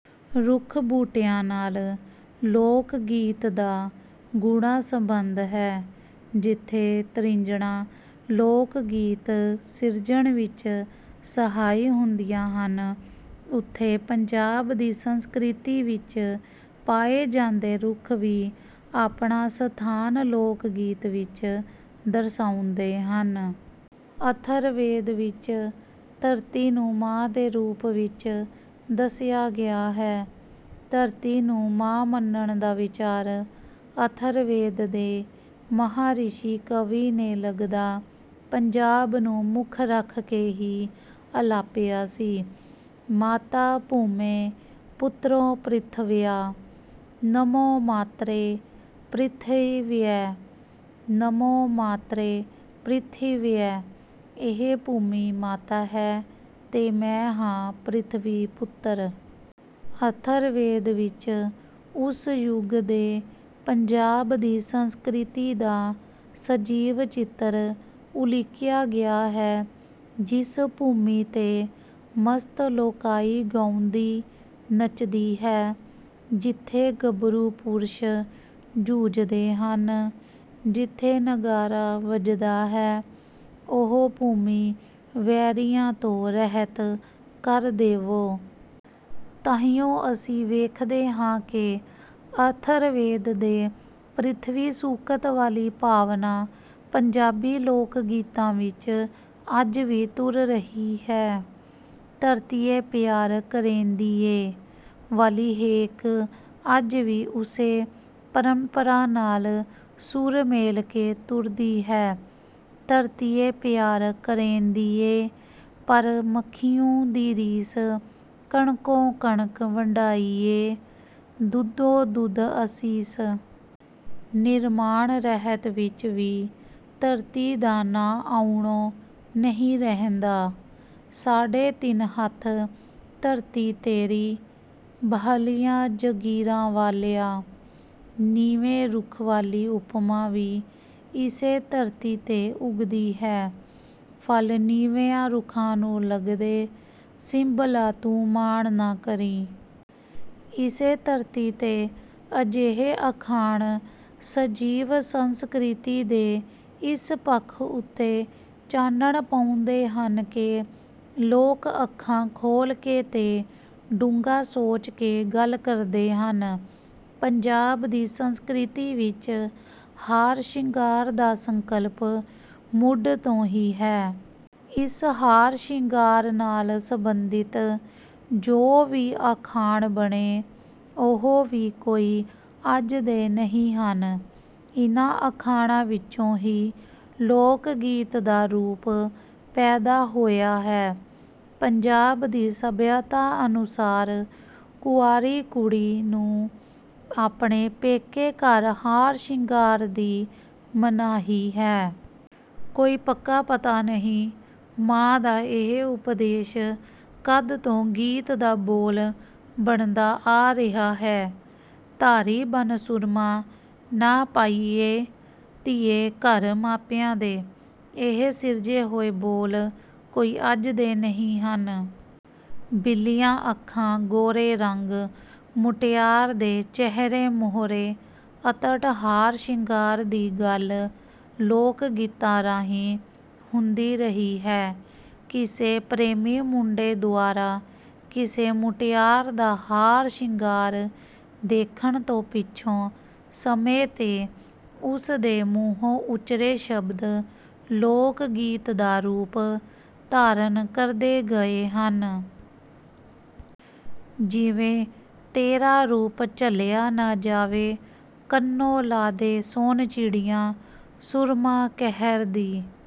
ਰੁੱਖ ਬੂਟਿਆਂ ਨਾਲ ਲੋਕ ਗੀਤ ਦਾ ਗੂੜਾ ਸੰਬੰਧ ਹੈ। ਜਿੱਥੇ ਤ੍ਰਿਜਣਾਂ ਲੋਕ ਗੀਤ ਸਿਰਜਣ ਵਿੱਚ ਸਹਾਈ ਹੁੰਦੀਆਂ ਹਨ, ਉੱਥੇ ਪੰਜਾਬ ਦੀ ਸੰਸਕ੍ਰਿਤੀ ਵਿੱਚ ਪਾਏ ਜਾਂਦੇ ਰੁੱਖ ਵੀ ਆਪਣਾ ਸਥਾਨ ਲੋਕ ਗੀਤ ਵਿੱਚ ਦਰਸਾਉਂਦੇ ਹਨ। ਅਥਰਵੇਦ ਵਿੱਚ ਧਰਤੀ ਨੂੰ ਮਾਂ ਦੇ ਰੂਪ ਵਿੱਚ ਦੱਸਿਆ ਗਿਆ ਹੈ। ਧਰਤੀ ਨੂੰ ਮਾਂ ਮੰਨਣ ਦਾ ਵਿਚਾਰ ਅਥਰਵੇਦ ਦੇ ਮਹਾਂ ਰਿਸ਼ੀ ਕਵੀ ਨੇ ਲਗਦਾ ਪੰਜਾਬ ਨੂੰ ਮੁੱਖ ਰੱਖ ਕੇ ਹੀ ਅਲਾਪਿਆ ਸੀ: 'ਮਾਤਾ ਭੂਮਿ ਪੁਤ੍ਰੋਹੰ ਪ੍ਰਿਥਿਵਿਆਂ, ਨਮੋ ਮਾਤ੍ਰੇ ਪ੍ਰਿਥਿਵਯੈ, ਨਮੋ ਮਾਤ੍ਰੇ ਪ੍ਰਿਥਿਵਯੈ' ਇਹ ਭੂਮੀ ਮਾਤਾ ਹੈ ਤੇ ਮੈਂ ਹਾਂ ਪ੍ਰਿਥਵੀ ਪੁੱਤਰ। ਅਥਰਵੇਦ ਵਿੱਚ ਉਸ ਯੁਗ ਦੇ ਪੰਜਾਬ ਦੀ ਸੰਸਕ੍ਰਿਤੀ ਦਾ ਸਜੀਵ ਚਿੱਤਰ ਉਲੀਕਿਆ ਗਿਆ ਹੈ: 'ਜਿਸ ਭੂਮੀ ਤੇ ਮਸਤ ਲੋਕਾਈ ਗਾਉਂਦੀ ਨੱਚਦੀ ਹੈ, ਜਿੱਥੇ ਗੱਭਰੂ ਪੁਰਸ਼ ਜੂਝਦੇ ਹਨ, ਜਿੱਥੇ ਨਗਾਰਾ ਵੱਜਦਾ ਹੈ, ਉਹ ਭੂਮੀ ਵੈਰੀਆਂ ਤੋਂ ਰਹਿਤ ਕਰ ਦੇਵੋ।' ਤਾਹੀਓਂ ਅਸੀਂ ਵੇਖਦੇ ਹਾਂ ਕਿ ਅਥਰਵੇਦ ਦੇ 'ਪ੍ਰਿਥਵੀ ਸੂਕਤ' ਵਾਲੀ ਭਾਵਨਾ ਪੰਜਾਬੀ ਲੋਕ ਗੀਤਾਂ ਵਿੱਚ ਅੱਜ ਵੀ ਤੁਰ ਰਹੀ ਹੈ। 'ਧਰਤੀਏ ਪਿਆਰ ਕਰੇਂਦੀ ਏ' ਵਾਲੀ ਹੇਕ ਅੱਜ ਵੀ ਉਸੇ ਪਰੰਪਰਾ ਨਾਲ ਸੁਰ ਮੇਲ ਕੇ ਤੁਰਦੀ ਹੈ: ਧਰਤੀਏ ਪਿਆਰ ਕਰੇਂਦੀ ਏ, ਪਰ ਮਖੀਉਂ ਦੀ ਰੀਸ ਕਣਕੋਂ ਕਣਕ ਵੰਡਾਈ ਏ, ਦੁੱਧੋਂ ਦੁੱਧ ਅਸੀਸ। ਨਿਰਮਾਣ ਰਹਿਣ ਵਿੱਚ ਵੀ ਧਰਤੀ ਦਾ ਨਾਂ ਆਉਣੋਂ ਨਹੀਂ ਰਹਿੰਦਾ: ਸਾਢੇ ਤਿੰਨ ਹੱਥ ਧਰਤੀ ਤੇਰੀ, ਬਾਹਲੀਆਂ ਜਗੀਰਾਂ ਵਾਲਿਆ। ਨੀਵੇਂ ਰੁੱਖ ਵਾਲੀ ਉਪਮਾ ਵੀ ਇਸੇ ਧਰਤੀ ਤੇ ਉਗਦੀ ਹੈ: ਫਲ ਨੀਵਿਆਂ ਰੁੱਖਾਂ ਨੂੰ ਲੱਗਦੇ, ਸਿੰਬਲਾ ਤੂੰ ਮਾਣ ਨਾ ਕਰੀਂ। ਇਸੇ ਧਰਤੀ ਤੇ ਅਜਿਹੇ ਅਖਾਣ ਸਜੀਵ ਸੰਸਕ੍ਰਿਤੀ ਦੇ ਇਸ ਪੱਖ ਉੱਤੇ ਚਾਨਣ ਪਾਉਂਦੇ ਹਨ ਕਿ ਲੋਕ ਅੱਖਾਂ ਖੋਲ੍ਹ ਕੇ ਤੇ ਡੂੰਘਾ ਸੋਚ ਕੇ ਗੱਲ ਕਰਦੇ ਹਨ। ਪੰਜਾਬ ਦੀ ਸੰਸਕ੍ਰਿਤੀ ਵਿੱਚ ਹਾਰ ਸ਼ਿੰਗਾਰ ਦਾ ਸੰਕਲਪ ਮੁੱਢ ਤੋਂ ਹੀ ਹੈ। ਇਸ ਹਾਰ ਸ਼ਿੰਗਾਰ ਨਾਲ ਸੰਬੰਧਿਤ ਜੋ ਵੀ ਅਖਾਣ ਬਣੇ ਉਹ ਵੀ ਕੋਈ ਅੱਜ ਦੇ ਨਹੀਂ ਹਨ। ਇਨ੍ਹਾਂ ਅਖਾਣਾਂ ਵਿੱਚੋਂ ਹੀ ਲੋਕ ਗੀਤ ਦਾ ਰੂਪ ਪੈਦਾ ਹੋਇਆ ਹੈ। ਪੰਜਾਬ ਦੀ ਸੱਭਿਅਤਾ ਅਨੁਸਾਰ ਕੁਆਰੀ ਕੁੜੀ ਨੂੰ ਆਪਣੇ ਪੇਕੇ ਘਰ ਹਾਰ ਸ਼ਿੰਗਾਰ ਦੀ ਮਨਾਹੀ ਹੈ। ਕੋਈ ਪੱਕਾ ਪਤਾ ਨਹੀਂ ਮਾਂ ਦਾ ਇਹ ਉਪਦੇਸ਼ ਕਦ ਤੋਂ ਗੀਤ ਦਾ ਬੋਲ ਬਣਦਾ ਆ ਰਿਹਾ ਹੈ: 'ਧਾਰੀ ਬੰਨ੍ਹ ਸੁਰਮਾਂ ਨਾ ਪਾਈਏ, ਧੀਏ ਘਰ ਮਾਪਿਆਂ ਦੇ।' ਇਹ ਸਿਰਜੇ ਹੋਏ ਬੋਲ ਕੋਈ ਅੱਜ ਦੇ ਨਹੀਂ ਹਨ। ਬਿੱਲੀਆਂ ਅੱਖਾਂ, ਗੋਰੇ ਰੰਗ, ਮੁਟਿਆਰ ਦੇ ਚਿਹਰੇ ਮੋਹਰੇ ਅਤਟ ਹਾਰ ਸ਼ਿੰਗਾਰ ਦੀ ਗੱਲ ਲੋਕ ਗੀਤਾਂ ਰਾਹੀਂ ਹੁੰਦੀ ਰਹੀ ਹੈ। ਕਿਸੇ ਪ੍ਰੇਮੀ ਮੁੰਡੇ ਦੁਆਰਾ ਕਿਸੇ ਮੁਟਿਆਰ ਦਾ ਹਾਰ ਸ਼ਿੰਗਾਰ ਦੇਖਣ ਤੋਂ ਪਿੱਛੋਂ ਸਮੇਂ ਤੇ ਉਸ ਦੇ ਮੂੰਹੋਂ ਉਚਰੇ ਸ਼ਬਦ ਲੋਕ ਗੀਤ ਦਾ ਰੂਪ ਧਾਰਨ ਕਰਦੇ ਗਏ ਹਨ। ਜਿਵੇਂ: ਤੇਰਾ ਰੂਪ ਝੱਲਿਆ ਨਾ ਜਾਵੇ, ਕੰਨੋਂ ਲਾ ਦੇ ਸੋਨ ਚਿੜੀਆਂ, ਸੁਰਮਾ ਕਹਿਰ ਦੀ